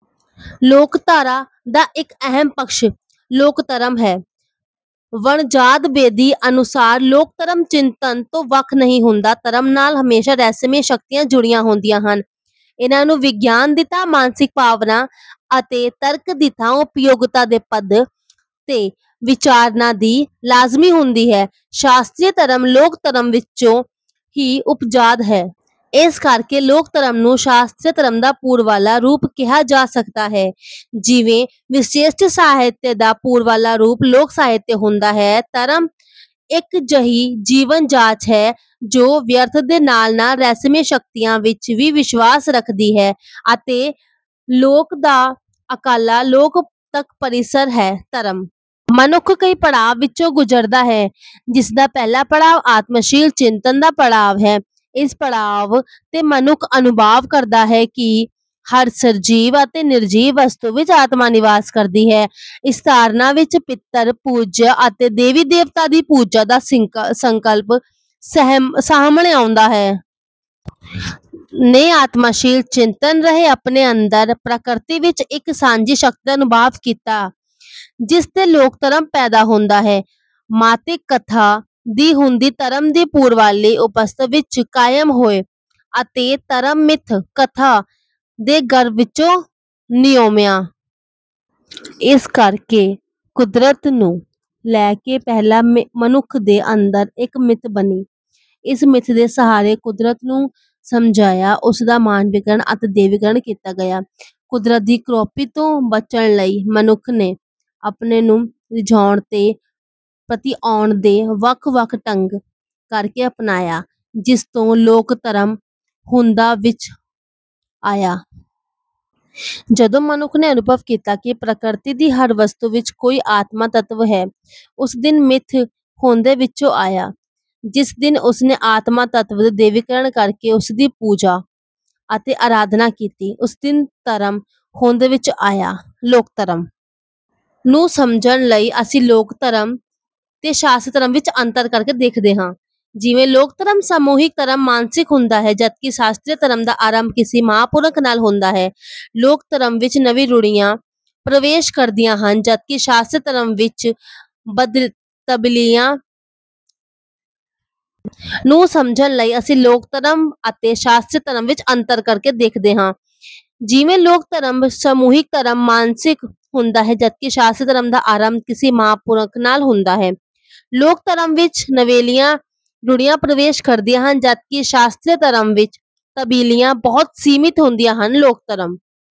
ਲੋਕਧਾਰਾ ਦਾ ਇੱਕ ਅਹਿਮ ਪੱਖ ਲੋਕ-ਧਰਮ ਹੈ। ਵਣਜਾਰਾ ਬੇਦੀ ਅਨੁਸਾਰ ਲੋਕ-ਧਰਮ ਚਿੰਤਨ ਤੋਂ ਵੱਖਰਾ ਨਹੀਂ ਹੁੰਦਾ। ਧਰਮ ਨਾਲ ਹਮੇਸ਼ਾ ਰਹੱਸਮਈ ਸ਼ਕਤੀਆਂ ਜੁੜੀਆਂ ਹੁੰਦੀਆਂ ਹਨ। ਇਨ੍ਹਾਂ ਨੂੰ ਵਿਗਿਆਨ ਦੀ ਥਾਂ ਮਾਨਸਿਕ ਭਾਵਨਾਵਾਂ ਅਤੇ ਤਰਕ ਦੀ ਥਾਂ ਉਪਯੋਗਤਾ ਦੇ ਪੱਧਰ ’ਤੇ ਵਿਚਾਰਨਾ ਵੀ ਲਾਜ਼ਮੀ ਹੁੰਦਾ ਹੈ ਸ਼ਾਸਤਰੀ ਧਰਮ ਲੋਕ-ਧਰਮ ਵਿੱਚੋਂ ਹੀ ਉਪਜਦਾ ਹੈ। ਇਸ ਕਰਕੇ ਲੋਕ-ਧਰਮ ਨੂੰ ਸ਼ਾਸਤਰੀ ਧਰਮ ਦਾ ਪੂਰਬਲਾ ਰੂਪ ਕਿਹਾ ਜਾ ਸਕਦਾ ਹੈ, ਜਿਵੇਂ ਵਿਸ਼ਿਸ਼ਟ ਸਾਹਿਤ ਦਾ ਪੂਰਬਲਾ ਰੂਪ ਲੋਕ-ਸਾਹਿਤ ਹੁੰਦਾ ਹੈ। ਧਰਮ ਇੱਕ ਅਜਿਹੀ ਜੀਵਨ-ਜਾਚ ਹੈ ਜੋ ਯਥਾਰਥ ਦੇ ਨਾਲ-ਨਾਲ ਰਹੱਸਮਈ ਸ਼ਕਤੀਆਂ ਵਿੱਚ ਵੀ ਵਿਸ਼ਵਾਸ ਰੱਖਦੀ ਹੈ ਅਤੇ ਇਸ ਲੋਕ ਤੋਂ ਅਗਲੇ ਲੋਕ ਤੱਕ ਪਸਰੀ ਹੋਈ ਹੈ। ਧਰਮ ਕਈ ਪੜਾਵਾਂ ਵਿੱਚੋਂ ਗੁਜ਼ਰਦਾ ਹੈ, ਜਿਸ ਦਾ ਪਹਿਲਾ ਪੜਾਅ ਆਤਮਸ਼ੀਲ ਚਿੰਤਨ ਦਾ ਪੜਾਅ ਹੈ। ਇਸ ਪੜਾਅ ’ਤੇ ਮਨੁੱਖ ਅਨੁਭਵ ਕਰਦਾ ਹੈ ਕਿ ਹਰ ਸਜੀਵ ਅਤੇ ਨਿਰਜੀਵ ਵਸਤੂ ਵਿੱਚ ਆਤਮਾ ਨਿਵਾਸ ਕਰਦੀ ਹੈ। ਇਸੇ ਧਾਰਨਾ ਵਿੱਚੋਂ ਪਿਤਰ-ਪੂਜਾ ਅਤੇ ਦੇਵਤਿਆਂ ਦੀ ਪੂਜਾ ਦਾ ਸੰਕਲਪ ਸਾਹਮਣੇ ਆਉਂਦਾ ਹੈ। ਮਨੁੱਖ ਨੇ ਆਤਮਸ਼ੀਲ ਚਿੰਤਨ ਰਾਹੀਂ ਆਪਣੇ ਅੰਦਰ ਅਤੇ ਪ੍ਰਕਿਰਤੀ ਵਿੱਚ ਇੱਕ ਸਾਂਝੀ ਸ਼ਕਤੀ ਦਾ ਅਨੁਭਵ ਕੀਤਾ, ਜਿਸ ਤੋਂ ਲੋਕ-ਧਰਮ ਪੈਦਾ ਹੁੰਦਾ ਹੈ ਮਿਥਕ-ਕਥਾ ਦੀ ਹੋਂਦ ਧਰਮ ਤੋਂ ਪੂਰਬਲੀ ਅਵਸਥਾ ਵਿੱਚ ਕਾਇਮ ਹੋਈ ਅਤੇ ਧਰਮ ਮਿਥਕ-ਕਥਾ ਦੇ ਗਰਭ ਵਿੱਚੋਂ ਨਿਮਿਆ। ਇਸ ਕਰਕੇ ਕੁਦਰਤ ਨੂੰ ਲੈ ਕੇ ਪਹਿਲਾਂ ਮਨੁੱਖ ਦੇ ਅੰਦਰ ਇੱਕ ਮਿੱਥ ਬਣੀ। ਇਸ ਮਿੱਥ ਦੇ ਸਹਾਰੇ ਕੁਦਰਤ ਨੂੰ ਸਮਝਦਿਆਂ ਉਸ ਦਾ ਮਾਨਵੀਕਰਨ ਅਤੇ ਦੈਵੀਕਰਨ ਕੀਤਾ ਗਿਆ। ਕੁਦਰਤ ਦੀ ਕ੍ਰੋਪੀ ਤੋਂ ਬਚਣ ਲਈ ਮਨੁੱਖ ਨੇ ਉਸ ਨੂੰ ਰਿਝਾਉਣ ਅਤੇ ਪਤਿਆਉਣ ਦੇ ਵੱਖ-ਵੱਖ ਢੰਗ-ਤਰੀਕੇ ਅਪਣਾਏ, ਜਿਸ ਤੋਂ ਲੋਕ-ਧਰਮ ਹੋਂਦ ਵਿੱਚ ਆਇਆ। ਜਿਸ ਦਿਨ ਮਨੁੱਖ ਨੇ ਅਨੁਭਵ ਕੀਤਾ ਕਿ ਪ੍ਰਕਿਰਤੀ ਦੀ ਹਰ ਵਸਤੂ ਵਿੱਚ ਕੋਈ ਆਤਮ-ਤੱਤ ਹੈ, ਉਸ ਦਿਨ ਮਿੱਥ ਹੋਂਦ ਵਿੱਚ ਆਈ। ਜਿਸ ਦਿਨ ਉਸ ਨੇ ਆਤਮ-ਤੱਤ ਦਾ ਦੈਵੀਕਰਨ ਕਰਕੇ ਉਸ ਦੀ ਪੂਜਾ ਅਤੇ ਅਰਾਧਨਾ ਕੀਤੀ, ਉਸ ਦਿਨ ਧਰਮ ਹੋਂਦ ਵਿੱਚ ਆਇਆ। ਲੋਕ-ਧਰਮ ਨੂੰ ਸਮਝਣ ਲਈ ਅਸੀਂ ਲੋਕ-ਧਰਮ ਅਤੇ ਸ਼ਾਸਤਰੀ ਧਰਮ ਵਿੱਚ ਅੰਤਰ ਕਰਕੇ ਦੇਖਦੇ ਹਾਂ। ਜਿਵੇਂ ਲੋਕ-ਧਰਮ ਸਮੂਹਿਕ ਧਾਰਮਿਕ ਮਾਨਸਿਕਤਾ ਹੁੰਦਾ ਹੈ, ਜਦਕਿ ਸ਼ਾਸਤਰੀ ਧਰਮ ਦਾ ਆਰੰਭ ਕਿਸੇ ਮਹਾਂਪੁਰਖ ਨਾਲ ਹੁੰਦਾ ਹੈ। ਲੋਕ-ਧਰਮ ਵਿੱਚ ਨਵੀਆਂ ਰੂੜੀਆਂ ਪ੍ਰਵੇਸ਼ ਕਰਦੀਆਂ ਰਹਿੰਦੀਆਂ ਹਨ, ਜਦਕਿ ਸ਼ਾਸਤਰੀ ਧਰਮ ਵਿੱਚ ਤਬਦੀਲੀਆਂ ਬਹੁਤ ਸੀਮਿਤ ਹੁੰਦੀਆਂ ਹਨ। ਲੋਕ-ਧਰਮ ਦੀ ਪਰੰਪਰਾ ਮੌਖਿਕ ਹੁੰਦੀ ਹੈ, ਜਦਕਿ ਸ਼ਾਸਤਰੀ ਧਰਮ ਦਾ ਆਧਾਰ ਲਿਖਤੀ ਗ੍ਰੰਥ ਹੁੰਦਾ ਹੈ। ਲੋਕ-ਧਰਮ ਵਿੱਚ ਇਸ ਸੰਸਾਰ ਨੂੰ ਮੁੱਖ ਰੱਖਿਆ ਜਾਂਦਾ ਹੈ। ਸਵੈ-ਰੱਖਿਆ ਅਤੇ ਸਵੈ-ਇੱਛਾਵਾਂ ਨੂੰ ਪਹਿਲ ਦਿੱਤੀ ਜਾਂਦੀ ਹੈ।